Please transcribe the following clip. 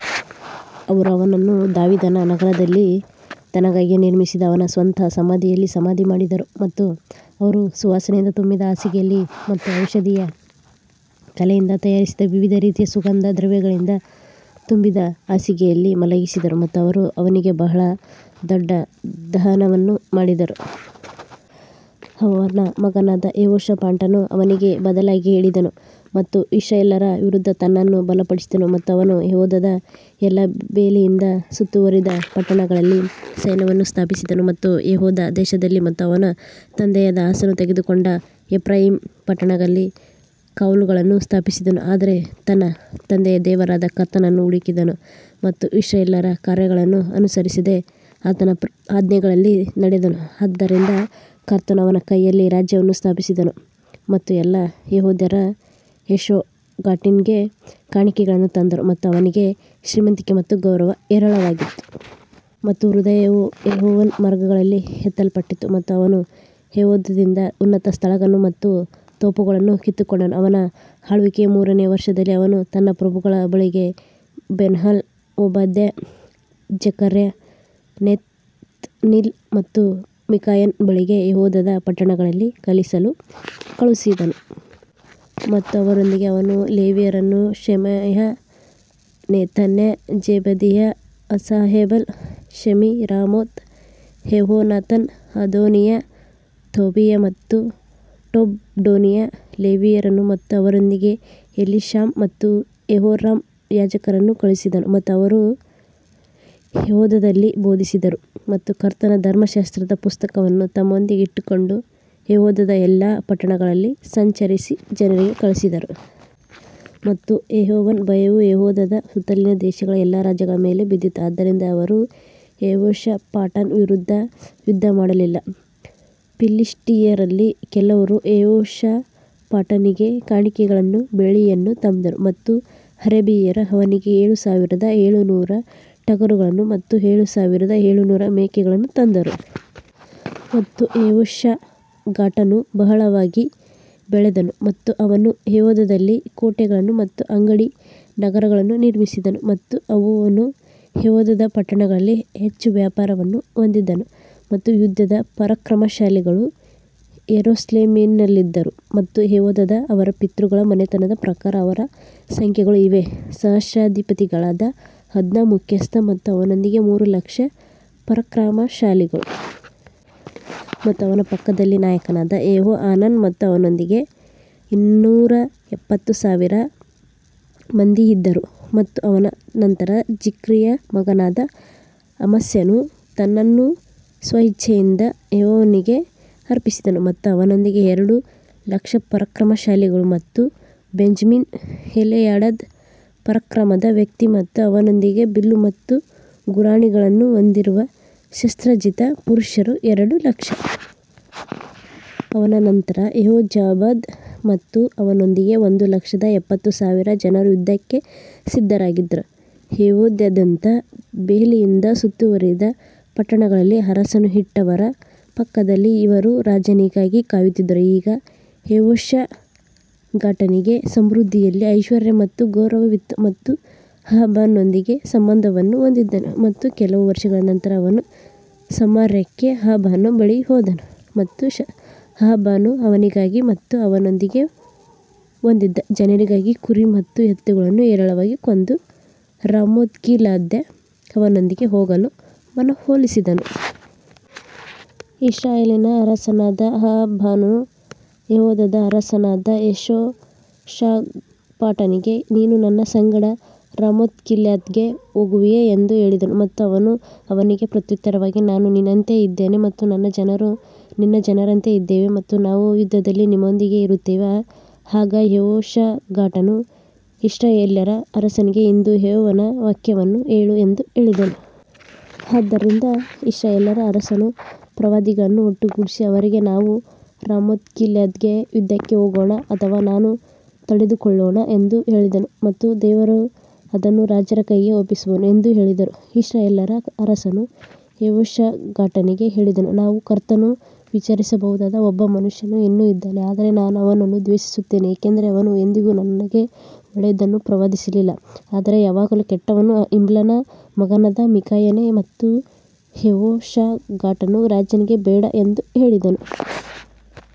ಅವರು ಅವನನ್ನು ದಾವೀದನ ನಗರದಲ್ಲಿ ತನಗಾಗಿ ನಿರ್ಮಿಸಿದ ಅವನ ಸ್ವಂತ ಸಮಾಧಿಯಲ್ಲಿ ಸಮಾಧಿ ಮಾಡಿದರು ಮತ್ತು ಅವರು ಸುವಾಸನೆಯಿಂದ ತುಂಬಿದ ಹಾಸಿಗೆಯಲ್ಲಿ ಮತ್ತು ಔಷಧೀಯ ಕಲೆಯಿಂದ ತಯಾರಿಸಿದ ವಿವಿಧ ರೀತಿಯ ಸುಗಂಧ ದ್ರವ್ಯಗಳಿಂದ ತುಂಬಿದ ಹಾಸಿಗೆಯಲ್ಲಿ ಮಲಗಿಸಿದರು ಮತ್ತು ಅವರು ಅವನಿಗೆ ಬಹಳ ದೊಡ್ಡ ದಹನವನ್ನು ಮಾಡಿದರು. ಅವನ ಮಗನಾದ ಯೆಹೋಷಾಫಾಟನು ಅವನಿಗೆ ಬದಲಾಗಿ ಆಳಿದನು ಮತ್ತು ಇಸ್ರಾಯೇಲ್ಯರ ವಿರುದ್ಧ ತನ್ನನ್ನು ಬಲಪಡಿಸಿದನು ಮತ್ತು ಅವನು ಯೆಹೂದದ ಎಲ್ಲಾ ಬೇಲಿಯಿಂದ ಸುತ್ತುವರಿದ ಪಟ್ಟಣಗಳಲ್ಲಿ ಸೈನ್ಯವನ್ನು ಸ್ಥಾಪಿಸಿದನು ಮತ್ತು ಯೆಹೂದ ದೇಶದಲ್ಲಿ ಮತ್ತು ಅವನ ತಂದೆಯಾದ ಆಸನು ತೆಗೆದುಕೊಂಡ ಎಫ್ರಾಯೀಮ್ ಪಟ್ಟಣಗಳಲ್ಲಿ ಕಾವಲುಗಳನ್ನು ಸ್ಥಾಪಿಸಿದನು. ಆದರೆ ತನ್ನ ತಂದೆಯ ದೇವರಾದ ಕರ್ತನನ್ನು ಹುಡುಕಿದನು ಮತ್ತು ಇಸ್ರಾಯೇಲ್ಯರ ಕಾರ್ಯಗಳನ್ನು ಅನುಸರಿಸದೆ ಆತನ ಆಜ್ಞೆಗಳಲ್ಲಿ ನಡೆದನು ಆದದರಿಂದ ಕರ್ತನು ಅವನ ಕೈಯಲ್ಲಿ ರಾಜ್ಯವನ್ನು ಸ್ಥಾಪಿಸಿದನು ಮತ್ತು ಎಲ್ಲಾ ಯೆಹೂದ್ಯರು ಯೆಹೋಷಾಫಾಟನಿಗೆ ಕಾಣಿಕೆಗಳನ್ನು ತಂದರು ಮತ್ತು ಅವನಿಗೆ ಶ್ರೀಮಂತಿಕೆ ಮತ್ತು ಗೌರವವು ಹೇರಳವಾಗಿತ್ತು. ಮತ್ತು ಅವನ ಹೃದಯವು ಯೆಹೋವನ ಮಾರ್ಗಗಳಲ್ಲಿ ಎತ್ತಲ್ಪಟ್ಟಿತು ಮತ್ತು ಅವನು ಯೆಹೂದದಿಂದ ಉನ್ನತ ಸ್ಥಳಗಳನ್ನು ಮತ್ತು ತೋಪುಗಳನ್ನು ಕಿತ್ತುಕೊಂಡನು. ಅವನ ಆಳ್ವಿಕೆಯ ಮೂರನೆಯ ವರ್ಷದಲ್ಲಿ ಅವನು ತನ್ನ ಪ್ರಭುಗಳ ಬಳಿಗೆ ಬೆನ್ಹೈಲ್, ಓಬದ್ಯ, ಜೆಕರ್ಯ, ನೆತನೀಲ್ ಮತ್ತು ಮಿಕಾಯನ ಬಳಿಗೆ ಯೆಹೂದದ ಪಟ್ಟಣಗಳಲ್ಲಿ ಕಲಿಸಲು ಕಳುಹಿಸಿದನು. ಮತ್ತು ಅವರೊಂದಿಗೆ ಅವನು ಲೇವಿಯರನ್ನು ಶೆಮಾಯ, ನೆತನ್ಯ, ಜೆಬದೀಯ, ಅಸಾಹೇಲ್, ಶೆಮಿರಾಮೋತ್, ಯೆಹೋನಾಥನ್, ಅದೋನೀಯ, ತೋಬೀಯ ಮತ್ತು ಟೊಬಡೋನಿಯ ಲೇವಿಯರನ್ನು ಮತ್ತು ಅವರೊಂದಿಗೆ ಎಲಿಷಾಮ ಮತ್ತು ಯೆಹೋರಾಮ ಯಾಜಕರನ್ನು ಕಳುಹಿಸಿದನು. ಮತ್ತು ಅವರು ಯೆಹೂದದಲ್ಲಿ ಬೋಧಿಸಿದರು ಮತ್ತು ಕರ್ತನ ಧರ್ಮಶಾಸ್ತ್ರದ ಪುಸ್ತಕವನ್ನು ತಮ್ಮೊಂದಿಗೆ ಇಟ್ಟುಕೊಂಡು ಯೆಹೂದದ ಎಲ್ಲಾ ಪಟ್ಟಣಗಳಲ್ಲಿ ಸಂಚರಿಸಿ ಜನರಿಗೆ ಕಲಿಸಿದರು. ಮತ್ತು ಯೆಹೋವನ ಭಯವು ಯೆಹೂದದ ಸುತ್ತಲಿನ ದೇಶಗಳ ಎಲ್ಲಾ ರಾಜ್ಯಗಳ ಮೇಲೆ ಬಿದ್ದಿತು, ಆದ್ದರಿಂದ ಅವರು ಯೆಹೋಷಾಫಾಟನ ವಿರುದ್ಧ ಯುದ್ಧಮಾಡಲಿಲ್ಲ. ಫಿಲಿಷ್ಟಿಯರಲ್ಲಿ ಕೆಲವರು ಯೆಹೋಷಾಫಾಟನಿಗೆ ಕಾಣಿಕೆಗಳನ್ನು ಬೆಳ್ಳಿಯನ್ನು ತಂದರು ಮತ್ತು ಅರೇಬಿಯರು ಅವನಿಗೆ ಏಳು ಸಾವಿರದ ಏಳುನೂರು ಟಗರುಗಳನ್ನು ಮತ್ತು ಏಳು ಸಾವಿರದ ಏಳುನೂರು ಮೇಕೆಗಳನ್ನು ತಂದರು. ಮತ್ತು ಯೆಹೋಷಾಫಾಟನು ಬಹಳವಾಗಿ ಬೆಳೆದನು ಮತ್ತು ಅವನು ಯೆಹೂದದಲ್ಲಿ ಕೋಟೆಗಳನ್ನು ಮತ್ತು ಅಂಗಡಿ ನಗರಗಳನ್ನು ನಿರ್ಮಿಸಿದನು. ಮತ್ತು ಅವನು ಯೆಹೂದದ ಪಟ್ಟಣಗಳಲ್ಲಿ ಹೆಚ್ಚು ವ್ಯಾಪಾರವನ್ನು ಹೊಂದಿದ್ದನು ಮತ್ತು ಯುದ್ಧದ ಪರಾಕ್ರಮಶಾಲಿಗಳು ಯೆರೂಸಲೇಮಿನಲ್ಲಿದ್ದರು. ಮತ್ತು ಯೆಹೂದದ ಅವರ ಪಿತೃಗಳ ಮನೆತನದ ಪ್ರಕಾರ ಅವರ ಸಂಖ್ಯೆಗಳು ಇವೇ, ಸಹಸ್ರಾಧಿಪತಿಗಳಾದ ಅದ್ನಾ ಮುಖ್ಯಸ್ಥ ಮತ್ತು ಅವನೊಂದಿಗೆ ಮೂರು ಲಕ್ಷ ಪರಾಕ್ರಮಶಾಲಿಗಳು. ಮತ್ತು ಅವನ ಪಕ್ಕದಲ್ಲಿ ನಾಯಕನಾದ ಯೆಹೋಹಾನಾನ್ ಮತ್ತು ಅವನೊಂದಿಗೆ ಇನ್ನೂರ ಎಪ್ಪತ್ತು ಸಾವಿರ ಮಂದಿ ಇದ್ದರು ಮತ್ತು ಅವನ ನಂತರ ಜಿಕ್ರಿಯ ಮಗನಾದ ಅಮಸ್ಯನು ತನ್ನನ್ನು ಸ್ವಇಚ್ಛೆಯಿಂದ ಯೆಹೋವನಿಗೆ ಅರ್ಪಿಸಿದನು ಮತ್ತು ಅವನೊಂದಿಗೆ ಎರಡು ಲಕ್ಷ ಪರಾಕ್ರಮಶಾಲಿಗಳು ಮತ್ತು ಬೆಂಜಮಿನ್ ಎಲಿಯಾಡಾದ ಪರಾಕ್ರಮದ ವ್ಯಕ್ತಿ ಮತ್ತು ಅವನೊಂದಿಗೆ ಬಿಲ್ಲು ಮತ್ತು ಗುರಾಣಿಗಳನ್ನು ಹೊಂದಿರುವ ಶಸ್ತ್ರಸಜ್ಜಿತ ಪುರುಷರು ಎರಡು ಲಕ್ಷ. ಅವನ ನಂತರ ಯೆಹೋಜಾಬಾದ್ ಮತ್ತು ಅವನೊಂದಿಗೆ ಒಂದು ಲಕ್ಷದ ಎಪ್ಪತ್ತು ಸಾವಿರ ಜನರು ಯುದ್ಧಕ್ಕೆ ಸಿದ್ಧರಾಗಿದ್ದರು ಯೆಹೂದದಾದ್ಯಂತ ಬೇಲಿಯಿಂದ ಸುತ್ತುವರಿದ ಪಟ್ಟಣಗಳಲ್ಲಿ ಅರಸನು ಇಟ್ಟವರ ಪಕ್ಕದಲ್ಲಿ ಇವರು ರಾಜನಿಗಾಗಿ ಕಾಯುತ್ತಿದ್ದರು ಈಗ ಯೆಹೋಷಾಫಾಟನಿಗೆ ಸಮೃದ್ಧಿಯಲ್ಲಿ ಐಶ್ವರ್ಯ ಮತ್ತು ಗೌರವವಿತ್ತು ಮತ್ತು ಅಹಾಬನೊಂದಿಗೆ ಸಂಬಂಧವನ್ನು ಹೊಂದಿದ್ದನು ಮತ್ತು ಕೆಲವು ವರ್ಷಗಳ ನಂತರ ಅವನು ಸಮಾರ್ಯಕ್ಕೆ ಅಹಾಬನ ಬಳಿಗೆ ಹೋದನು ಮತ್ತು ಅಹಾಬನು ಅವನಿಗಾಗಿ ಮತ್ತು ಅವನೊಂದಿಗೆ ಹೊಂದಿದ್ದ ಜನರಿಗಾಗಿ ಕುರಿ ಮತ್ತು ಎತ್ತುಗಳನ್ನು ಹೇರಳವಾಗಿ ಕೊಂದು ರಾಮೋತ್ಗಿಲ್ಯಾದ್ಗೆ ಅವನೊಂದಿಗೆ ಹೋಗಲು ಮನವೊಲಿಸಿದನು. ಇಸ್ರಾಯೇಲಿನ ಅರಸನಾದ ಅಹಾಬನು ಯೆಹೂದದ ಅರಸನಾದ ಯೆಹೋಷಾಫಾಟನಿಗೆ ನೀನು ನನ್ನ ಸಂಗಡ ರಾಮೋತ್ಗಿಲ್ಯಾದ್ಗೆ ಹೋಗುವಿಯಾ ಎಂದು ಹೇಳಿದನು ಮತ್ತು ಅವನು ಅವನಿಗೆ ಪ್ರತ್ಯುತ್ತರವಾಗಿ ನಾನು ನಿನ್ನಂತೆಯೇ ಇದ್ದೇನೆ ಮತ್ತು ನನ್ನ ಜನರು ನಿನ್ನ ಜನರಂತೆ ಇದ್ದೇವೆ ಮತ್ತು ನಾವು ಯುದ್ಧದಲ್ಲಿ ನಿಮ್ಮೊಂದಿಗೆ ಇರುತ್ತೇವೆ. ಆಗ ಯೆಹೋಷಾಫಾಟನು ಇಸ್ರಾಯೇಲ್ಯರ ಅರಸನಿಗೆ ಇಂದು ಯೆಹೋವನ ವಾಕ್ಯವನ್ನು ಕೇಳು ಎಂದು ಹೇಳಿದನು. ಆದದರಿಂದ ಇಸ್ರಾಯೇಲ್ಯರ ಅರಸನು ಪ್ರವಾದಿಗಳನ್ನು ಒಟ್ಟುಗೂಡಿಸಿ ಅವರಿಗೆ ನಾವು ರಾಮೋತ್ಗಿಲ್ಯಾದ್ಗೆ ಯುದ್ಧಕ್ಕೆ ಹೋಗೋಣ ಅಥವಾ ನಾನು ತಡೆದುಕೊಳ್ಳೋಣ ಎಂದು ಹೇಳಿದನು ಮತ್ತು ದೇವರು ಅದನ್ನು ರಾಜರ ಕೈಗೆ ಒಪ್ಪಿಸುವನು ಎಂದು ಹೇಳಿದರು. ಇಸ್ರಾಯೇಲ್ಯರ ಅರಸನು ಯೆಹೋಷಾಫಾಟನಿಗೆ ಹೇಳಿದನು, ನಾವು ಕರ್ತನನ್ನು ವಿಚಾರಿಸಬಹುದಾದ ಒಬ್ಬ ಮನುಷ್ಯನು ಇನ್ನೂ ಇದ್ದಾನೆ ಆದರೆ ನಾನು ಅವನನ್ನು ದ್ವೇಷಿಸುತ್ತೇನೆ ಏಕೆಂದರೆ ಅವನು ಎಂದಿಗೂ ನನಗೆ ಒಳ್ಳೆಯದನ್ನು ಪ್ರವಾದಿಸಲಿಲ್ಲ ಆದರೆ ಯಾವಾಗಲೂ ಕೆಟ್ಟವನು ಇಮ್ಲನ ಮಗನಾದ ಮಿಕಾಯನೇ ಮತ್ತು ಯೆಹೋಷಾಫಾಟನು ರಾಜನಿಗೆ ಬೇಡ ಎಂದು ಹೇಳಿದನು.